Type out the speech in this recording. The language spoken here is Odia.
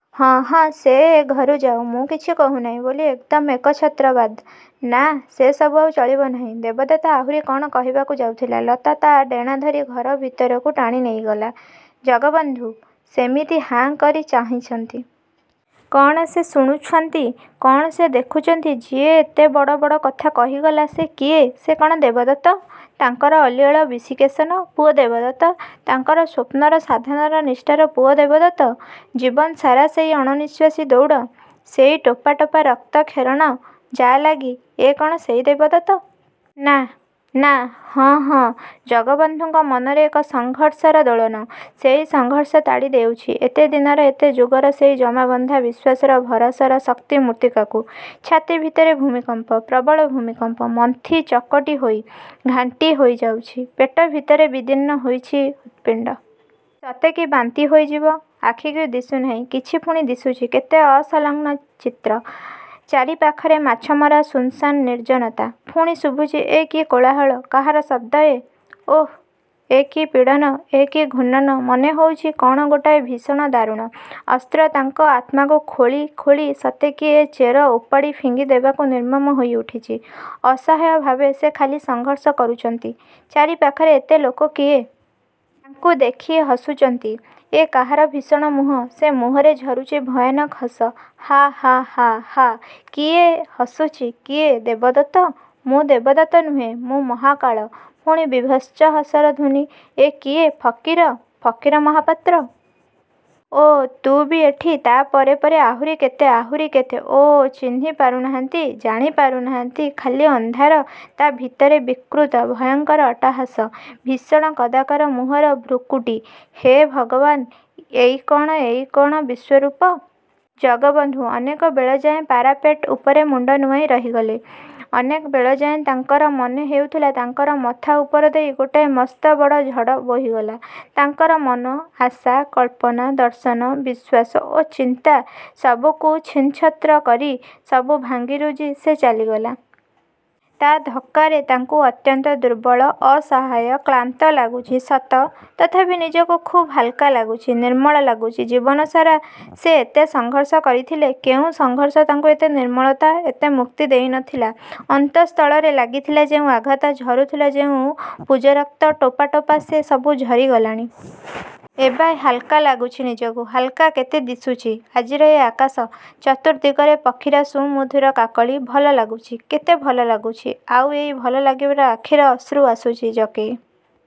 ହଁ, ହଁ, ସେ ଏ ଘରୁ ଯାଉ… ମୁଁ କିଛି କହୁ ନାହିଁ ବୋଲି ଏକଦମ୍ ଏକଛତ୍ରବାଦ! ନାଃ… ସେ ସବୁ ଆଉ ଚଳିବ ନାହିଁ… ଦେବଦତ୍ତ ଆହୁରି କ'ଣ କହିବାକୁ ଯାଉଥିଲା… ଲତା ତା'ଡେଣା ଧରି ଘରୁ ଭିତରକୁ ଟାଣି ନେଇଗଲା……। ଜଗବଂଧୁ ସେମିତି ହାଁ କରି ଚାହିଁଛନ୍ତି? କ'ଣ ସେ ଶୁଣୁଛନ୍ତି? କ'ଣ ସେ ଦେଖୁଛନ୍ତି? ଯିଏ ଏତେ ବଡ଼ ବଡ଼ କଥା କହିଗଲା… ସେ କିଏ? ସେ କ'ଣ ଦେବଦତ୍ତ? ତାଙ୍କର ଅଲିଅଳ ବିଶିକେଶନ ପୁଅ ଦେବଦତ୍ତ? ତାଙ୍କର ସ୍ୱପ୍ନର, ସାଧନାର, ନିଷ୍ଠାର ପୁଅ ଦେବଦତ୍ତ? ଜୀବନସାରା ସେଇ ଅଣ-ନିଃଶ୍ଵାସୀ ଦୌଡ଼, ସେଇ ଟୋପା ଟୋପା ରକ୍ତ କ୍ଷରଣ ଯା'ଲାଗି, ଏ କ'ଣ ସେଇ ଦେବଦତ୍ତ? ନାଃ… ନାଃ… ହଁ… ହଁ…। ଜଗବଂଧୁଙ୍କ ମନରେ ଏକ ସଂଘର୍ଷର ଦୋଳନ। ସେଇ ସଂଘର୍ଷ ତାଡ଼ି ଦେଉଚି, ଏତେ ଦିନର, ଏତେ ଯୁଗର ସେଇ ଜମାବନ୍ଧା ବିଶ୍ୱାସର, ଭରସାର, ଶକ୍ତି ମୃତ୍ତିକାକୁ। ଛାତି ଭିତରେ ଭୂମିକମ୍ପ.. ପ୍ରବଳ… ଭୂମିକମ୍ପ… ମନ୍ଥି ଚକଟି ହୋଇ, ଘାଣ୍ଟି ହୋଇ ଯାଉଚି ପେଟ ଭିତରେ ବିଦୀର୍ଣ୍ଣ ହୋଇଚି ହୃତ୍ପିଣ୍ଡ। ସତେ କି ବାନ୍ତି ହୋଇଯିବ! ଆଖିକୁ ଦିଶୁନାହିଁ କିଛି… ପୁଣି ଦିଶୁଚି କେତେ ଅସଂଲଗ୍ନ ଚିତ୍ର… ଚାରି ପାଖରେ ମାଛମରା ଶୂନଶାନ୍ ନିର୍ଜନତା… ପୁଣି ଶୁଭୁଚି ଏ କି କୋଳାହଳ… କାହାର ଶବ୍ଦ… ଏ? ଓଃ, ଏ କି ପୀଡ଼ନ! ଏ କି ଘୂର୍ଣ୍ଣନ…! ମନେ ହଉଚି କଣ ଗୋଟାଏ, ଭୀଷଣ ଦାରୁଣ… ଅସ୍ତ୍ର, ତାଙ୍କ ଆତ୍ମାକୁ ଖୋଳି ଖୋଳି ସତେ କି ଏକ ଚେର ଓପାଡ଼ି ଫିଙ୍ଗି ଦେବାକୁ ନିର୍ମମ ହୋଇ ଉଠିଛି… ଅସହାୟଭାବେ ସେ ଖାଲି ସଂଘର୍ଷ କରୁଚନ୍ତି… ଚାରି ପାଖରେ ଏତେ ଲୋକ କିଏ? ତାଙ୍କୁ ଦେଖି ହସୁଚନ୍ତି… ଏ କାହାର ଭୀଷଣ ମୁହଁ? ସେ ମୁହଁରୁ ଝରୁଛି ଭୟାନକ ହସ, ହାଃ… ହାଃ… ହାଃ… କିଏ ହସୁଚି? କିଏ? ଦେବଦତ୍ତ? ମୁଁ ଦେବଦତ୍ତ ନୁହେଁ… ମୁଁ ମହାକାଳ… ପୁଣି ବିଭତ୍ସ ହସର ଧ୍ୱନି… ଏ କିଏ? ଫକୀର? ଫକୀର ମହାପାତ୍ର? ଓଃ… ତୁ ବି ଏଠି? ତା' ପରେ ପରେ ଆହୁରି କେତେ, ଆହୁରି କେତେ… ଓଃ… ଚିହ୍ନି ପାରୁନାହାନ୍ତି… ଜାଣି ପାରୁନାହାନ୍ତି-ଖାଲି ଅନ୍ଧାର… ତା ଭିତରେ ବିକୃତ, ଭୟଙ୍କର ଅଟ୍ଟହାସ… ଭୀଷଣ କଦାକାର ମୁହଁର ଭୃକୁଟୀ… ହେ ଭଗବାନ! ଏଇ କ'ଣ ଏଇ କଅଣ ବିଶ୍ଵରୂପ? ଜଗବଂଧୁ ଅନେକ ବେଳାଯାଏ ପାରାପେଟ୍ ଉପରେ ମୁଣ୍ଡ ନୁଆଁଇ ରହିଗଲେ। ଅନେକ ବେଳଯାଏଁ, ତାଙ୍କର ମନେ ହେଉଥିଲା ତାଙ୍କର ମଥା ଉପରଦେଇ ଗୋଟାଏ ମସ୍ତବଡ଼ ଝଡ଼ ବୋହିଗଲା। ତାଙ୍କର ମନ, ଆଶା, କଳ୍ପନା, ଦର୍ଶନ, ବିଶ୍ଵାସ ଓ ଚିନ୍ତା ସବୁକୁ ଛିନ୍ଛତ୍ର କରି ସବୁ ଭାଙ୍ଗି ରୁଜି ସେ ଚାଲିଗଲା। ତା, ଧକ୍କାରେ ତାଙ୍କୁ ଅତ୍ୟନ୍ତ ଦୁର୍ବଳ ଅସହାୟ, କ୍ଳାନ୍ତ ଲାଗୁଚି ସତ ତଥାପି ନିଜକୁ ଖୁବ୍ ହାଲ୍କା ଲାଗୁଚି, ନିର୍ମଳ ଲାଗୁଚି। ଜୀବନସାରା ସେ ଏତେ ସଂଘର୍ଷ କରିଥିଲେ। କେଉଁ ସଂଘର୍ସ ତାଙ୍କୁ ଏତେ ନିର୍ମଳତା, ଏତେ ମୁକ୍ତି ଦେଇ ନ ଥିଲା–ଅନ୍ତଃସ୍ତଳରେ ଲାଗିଥିଲା ଯେଉଁ ଆଘାତ… ଝରୁଥିଲା ଯେଉଁ ପୂଯରକ୍ତ… ଟୋପା ଟୋପା ସେ ସବୁ ଝରିଗଲାଣି। ଏବେ ହାଲ୍କା ଲାଗୁଚି ନିଜକୁ। ହାଲ୍କା କେତେ ଦିଶୁଚି ଆଜିର ଏ ଆକାଶ-ଚତୁର୍ଦ୍ଦିଗରେ ପକ୍ଷୀର ସୁମଧୂର କାକଳି… ଭଲ ଲାଗୁଚି… କେତେ ଭଲ ଲାଗୁଚି। ଆଉ ଏଇ ଭଲ ଲାଗିବାରେ ଆଖିର ଅଶ୍ରୁ ଆସୁଚି, ଜକେଇ